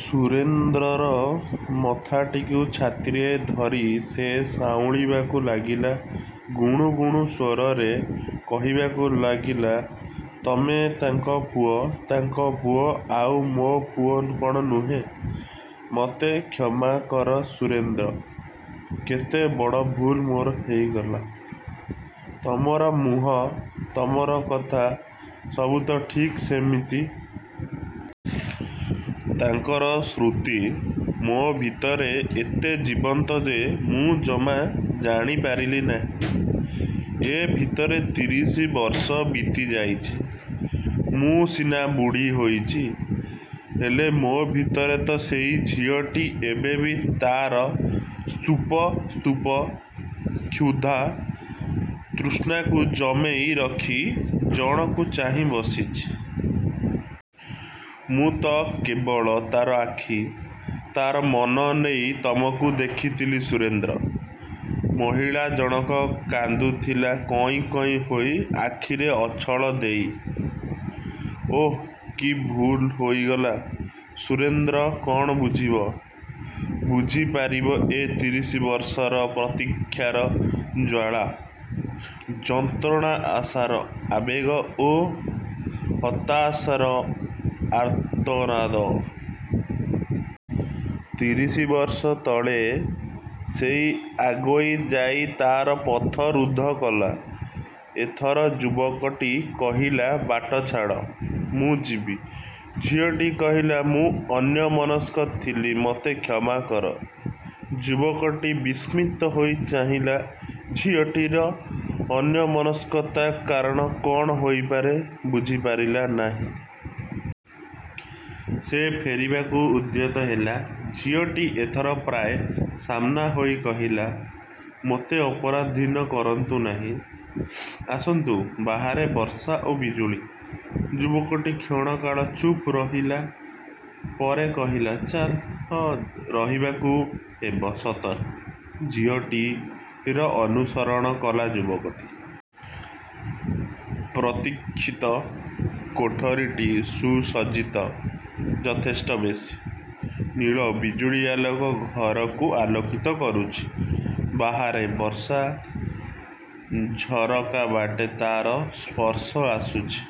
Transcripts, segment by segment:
ସୁରେନ୍ଦ୍ରର ମଥାଟିକୁ ଛାତିରେ ଧରି ସେ ସାଉଁଳିବାକୁ ଲାଗିଲା। ଗୁଣୁଗୁଣୁ ସ୍ୱରରେ କହିବାକୁ ଲାଗିଲା ତମେ ତାଙ୍କ ପୁଅ, ତାଙ୍କ ପୁଅ, ଆଉ ମୋ ପୁଅ କଣ ନୁହେଁ? ମତେ କ୍ଷମା କର ସୁରେନ୍ଦ୍ର, କେତେ ବଡ଼ ଭୁଲ ମୋର ହେଇଗଲା। ତମର ମୁହଁ, ତମର କଥା ସବୁ ତ ଠିକ୍ ସେମିତି। ତାଙ୍କର ସ୍ମୃତି ମୋ ଭିତରେ ଏତେ ଜୀବନ୍ତ ଯେ ମୁଁ ଜମା ଜାଣି ପାରିଲି ନାହିଁ। ଏ ଭିତରେ ତିରିଶି ବର୍ଷ ବିତି ଯାଇଛି। ମୁଁ ସିନା ବୁଢ଼ୀ ହୋଇଛି, ହେଲେ ମୋ ଭିତରେ ତ ସେହି ଝିଅଟି ଏବେବି ତାର ସ୍ତୁପ ସ୍ତୁପ କ୍ଷୁଧା ତୃଷାକୁ ଜମେଇ ରଖି ଜଣକୁ ଚାହିଁ ବସିଛି। ମୁଁ ତ କେବଳ ତାର ଆଖି, ତାର ମନ ନେଇ ତମକୁ ଦେଖିଥିଲି ସୁରେନ୍ଦ୍ର। ମହିଳା ଜଣକ କାନ୍ଦୁଥିଲା କଇଁ କଇଁ ହୋଇ ଆଖିରେ ଅଚ୍ଛଳ ଦେଇ। ଓଃ, କି ଭୁଲ ହୋଇଗଲା। ସୁରେନ୍ଦ୍ର କଣ ବୁଝିବ, ବୁଝିପାରିବ ଏ ତିରିଶ ବର୍ଷର ପ୍ରତିକ୍ଷାର ଜ୍ଵାଳା, ଯନ୍ତ୍ରଣା ଆଶାର ଆବେଗ ଓ ହତାଶାର ଆର୍ତ୍ତନାଦ। ତିରିଶ ବର୍ଷ ତଳେ, ସେଇ ଆଗେଇ ଯାଇ ତାର ପଥ ରୁଦ୍ଧ କଲା। ଏଥର ଯୁବକଟି କହିଲା ବାଟ ଛାଡ଼, ମୁଁ ଯିବି। ଝିଅଟି କହିଲା ମୁଁ ଅନ୍ୟମନସ୍କ ଥିଲି ମତେ କ୍ଷମା କର। ଯୁବକଟି ବିସ୍ମିତ ହୋଇ ଚାହିଁଲା ଝିଅଟିର ଅନ୍ୟମନସ୍କତା କାରଣ କଣ ହୋଇପାରେ ବୁଝିପାରିଲା ନାହିଁ। ସେ ଫେରିବାକୁ ଉଦ୍ୟତ ହେଲା। ଝିଅଟି ଏଥର ପ୍ରାୟ ସାମ୍ନା ହୋଇ କହିଲା, ମତେ ଅପରାଧିନ କରନ୍ତୁ ନାହିଁ। ଆସନ୍ତୁ, ବାହାରେ ବର୍ଷା ଓ ବିଜୁଳି। ଯୁବକଟି କ୍ଷଣକାଳ ଚୁପ୍ ରହିଲା। ପରେ କହିଲା, ଚାଲ ରହିବାକୁ ହେବ ସତରେ। ଝିଅଟିର ଅନୁସରଣ କଲା ଯୁବକଟି। ପ୍ରତୀକ୍ଷିତ କୋଠରୀଟି ସୁସଜ୍ଜିତ, ଯଥେଷ୍ଟ ବେଶୀ। ନୀଳ ବିଜୁଳି ଆଲୋକ ଘରକୁ ଆଲୋକିତ କରୁଛି। ବାହାରେ ବର୍ଷା, ଝରକାବାଟେ ତାର ସ୍ପର୍ଶ ଆସୁଚି,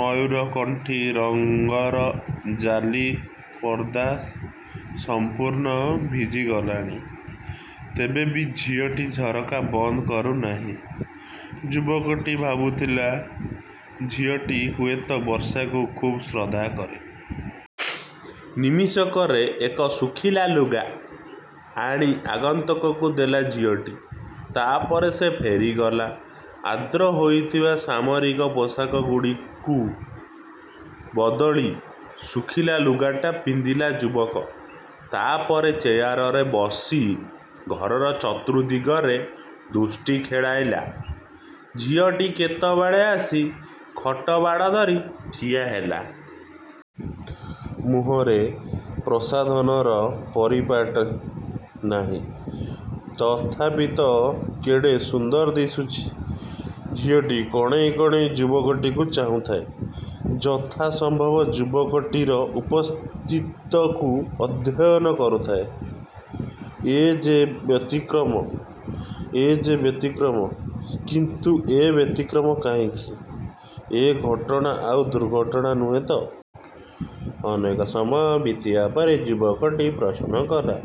ମୟୂରକଣ୍ଠୀ ରଙ୍ଗର ଜାଲି ପର୍ଦ୍ଦା ସମ୍ପୂର୍ଣ୍ଣ ଭିଜିଗଲାଣି। ତେବେ ବି ଝିଅଟି ଝରକା ବନ୍ଦ କରୁ ନାହିଁ। ଯୁବକଟି ଭାବୁଥିଲା ଝିଅଟି ହୁଏତ ବର୍ଷାକୁ ଖୁବ୍ ଶ୍ରଦ୍ଧା କରେ। ନିମିଷକରେ ଏକ ଶୁଖିଲା ଲୁଗା ଆଣି ଆଗନ୍ତୁକକୁ ଦେଲା ଝିଅଟି। ତା ପରେ ସେ ଫେରିଗଲା। ଆର୍ଦ୍ର ହୋଇଥିବା ସାମରିକ ପୋଷାକଗୁଡ଼ିକୁ ବଦଳି, ଶୁଖିଲା ଲୁଗାଟା ପିନ୍ଧିଲା ଯୁବକ। ତାପରେ ଚେୟାରରେ ବସି ଘରର ଚତୁର୍ଦ୍ଦିଗରେ ଦୃଷ୍ଟି ଖେଳାଇଲା। ଝିଅଟି କେତେବେଳେ ଆସି ଖଟ ବାଡ଼ ଧରି ଠିଆହେଲା। ମୁହଁରେ ପ୍ରସାଧନର ପରିପାଟୀ ନାହିଁ। ତଥାପି ତ କେଡ଼େସୁନ୍ଦର ଦିଶୁଚି। ଝିଅଟି କଣେଇ କଣେଇ ଯୁବକଟିକୁ ଚାହୁଁଥାଏ। ଯଥାସମ୍ଭବ ଯୁବକଟିର ଉପସ୍ଥିତକୁ ଅଧ୍ୟୟନ କରୁଥାଏ। ଏ ଯେ ବ୍ୟତିକ୍ରମ, ଏ ଯେ ବ୍ୟତିକ୍ରମ କିନ୍ତୁ ଏ ବ୍ୟତିକ୍ରମ କାହିଁକି? ଏ ଘଟଣା ଆଉ ଦୁର୍ଘଟଣା ନୁହେଁ ତ? ଅନେକ ସମୟ ବିତିବା ପରେ ଯୁବକଟି ପ୍ରଶ୍ନ କଲା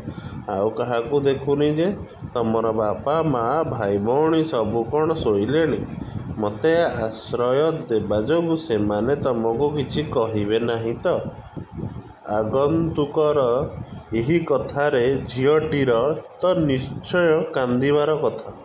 ଆଉ କାହାକୁ ଦେଖୁନି ଯେ ତମର ବାପା, ମା, ଭାଇଭଉଣୀ ସବୁ କଣ ଶୋଇଲେଣି? ମତେ ଆଶ୍ରୟ ଦେବାଯୋଗୁଁ ସେମାନେ ତମକୁ କିଛି କହିବେ ନାହିଁ ତ? ଆଗନ୍ତୁକର ଏହି କଥାରେ ଝିଅଟିର ତ ନିଶ୍ଚୟ କାନ୍ଦିବାର କଥା।